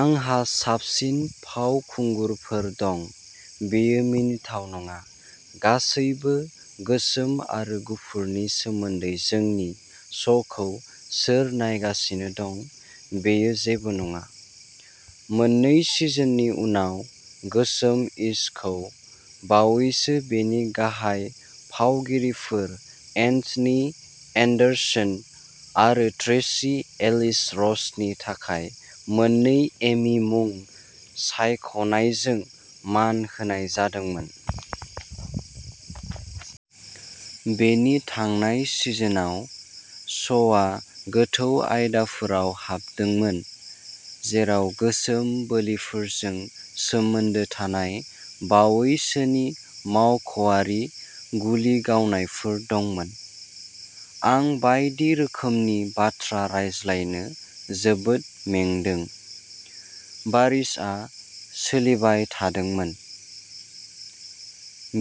आंहा साबसिन फावखुंगुरफोर दं। बेयो मिनिथाव नङा। गासैबो गोसोम आरो गुफुरनि सोमोन्दैजोंनि श'खौ सोर नायगासिनो दं, बेयो जेबो नङा। " मोननै सिजननि उनाव, "गोसोम-इश" खौ बावैसो बेनि गाहाय फावगिरिफोर, एन्थनी एन्डारसन आरो ट्रेसी एलिस रसनि थाखाय मोन्नै एमी मुं सायख'नायजों मान होनाय जादोंमोन। बेनि थांनाय सिजनआव, श'आ गोथौ आयदाफोराव हाबदोंमोन, जेराव गोसोम बोलिफोरजों सोमोन्दो थानाय बावैसोनि मावख'आरि गुलि गावनायफोर दंमोन। "आं बायदि रोखोमनि बाथ्रा रायज्लायनो जोबोद मेंदों", बारिसआ सोलिबाय थादोंमोन।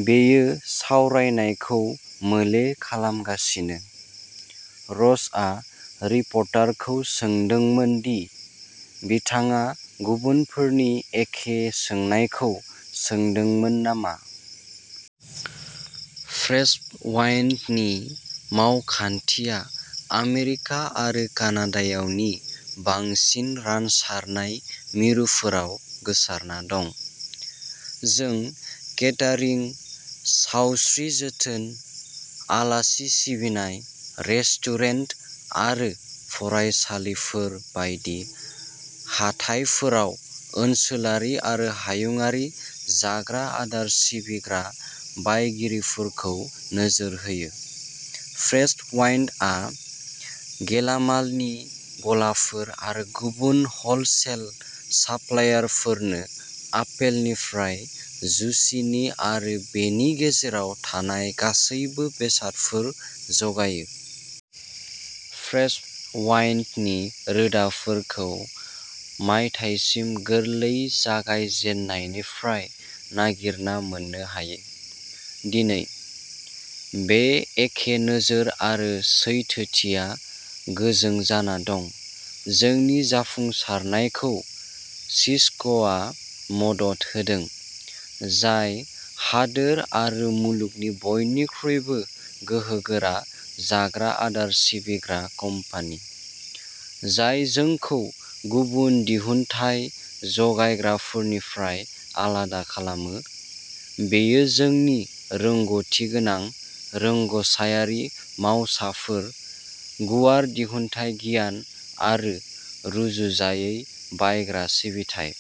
"बेयो सावरायनायखौ मोले खालामगासिनो। " र'सआ रिपर्टारखौ सोंदोंमोन दि बिथाङा गुबुनफोरनि एखे सोंनायखौ सोंदोंमोन नामा। फ्रेशवाइन्टनि मावखान्थिया आमेरिका आरो कानाडायाव नि बांसिन रानसारनाय मिरुफोराव गोसारना दं। जों केटारिं, सावस्रि जोथोन, आलासि सिबिनाय, रेस्टुरेन्ट आरो फरायसालिफोर बायदि हाथाइफोराव ओनसोलारि आरो हायुंआरि जाग्रा आदार सिबिग्रा बायगिरिफोरखौ नोजोर होयो। फ्रेशप्वाइन्टआ गेलामालनि गलाफोर आरो गुबुन हलसेल साप्लायरफोरनो आपेलनिफ्राय जुचिनी आरो बेनि गेजेराव थानाय गासैबो बेसादफोर जगायो। फ्रेशवाइन्टनि रोदाफोरखौ मायथाइसिम गोरलै जागायजेन्नायनिफ्राय नागिरना मोननो हायो। दिनै, बे एखे नोजोर आरो सैथोथिया गोजों जाना दं। जोंनि जाफुंसारनायखौ सिस्क'आ मदद होदों, जाय हादोर आरो मुलुगनि बयनिख्रुइबो गोहोगोरा जाग्रा आदार सिबिग्रा कम्पानि। जाय जोंखौ गुबुन दिहुनथाय जगायग्राफोरनिफ्राय आलादा खालामो, बेयो जोंनि रोंग'थिगोनां रोंग'सारारि मावसाफोर, गुवार दिहुनथाय गियान, आरो रुजुजायै बायग्रा सिबिथाइ।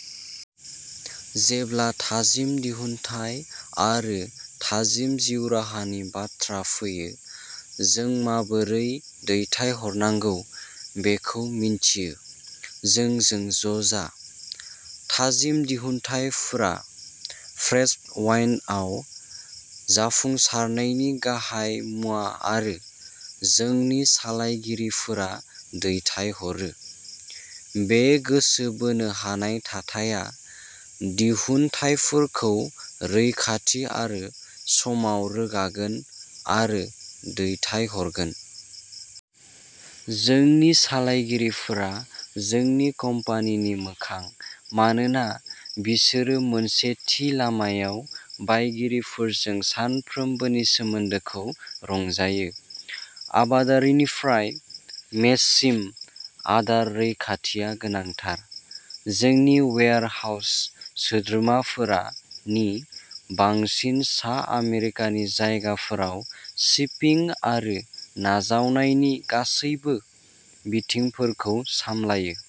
जेब्ला थाजिम दिहुनथाय आरो थाजिम जिउ राहानि बाथ्रा फैयो, जों माबोरै दैथायहरनांगौ बेखौ मिन्थियो। जोंजों ज'जा। थाजिम दिहुनथायफोरा फ्रेशप्वाइन्टआव जाफुंसारनायनि गाहाय मुवा आरो जोंनि सालायगिरिफोरा दैथायहरो। बे गोसो बोनो हानाय थाथाया दिहुनथायफोरखौ रैखाथि आरो समाव रोगागोन आरो दैथायहरगोन। जोंनि सालायगिरिफोरा जोंनि कम्पानिनि मोखां मानोना बिसोरो मोनसे थि लामायाव बायगिरिफोरजों सानफ्रोमबोनि सोमोन्दोखौ रंजायो। आबादारिनिफ्राय मेजसिम, आदार रैखाथिआ गोनांथार। जोंनि वेयारहाउस सोद्रोमाफोरा नि बांसिन सा आमेरिकानि जायगाफोराव शिपिं आरो नाजावनायनि गासैबो बिथिंफोरखौ सामलायो।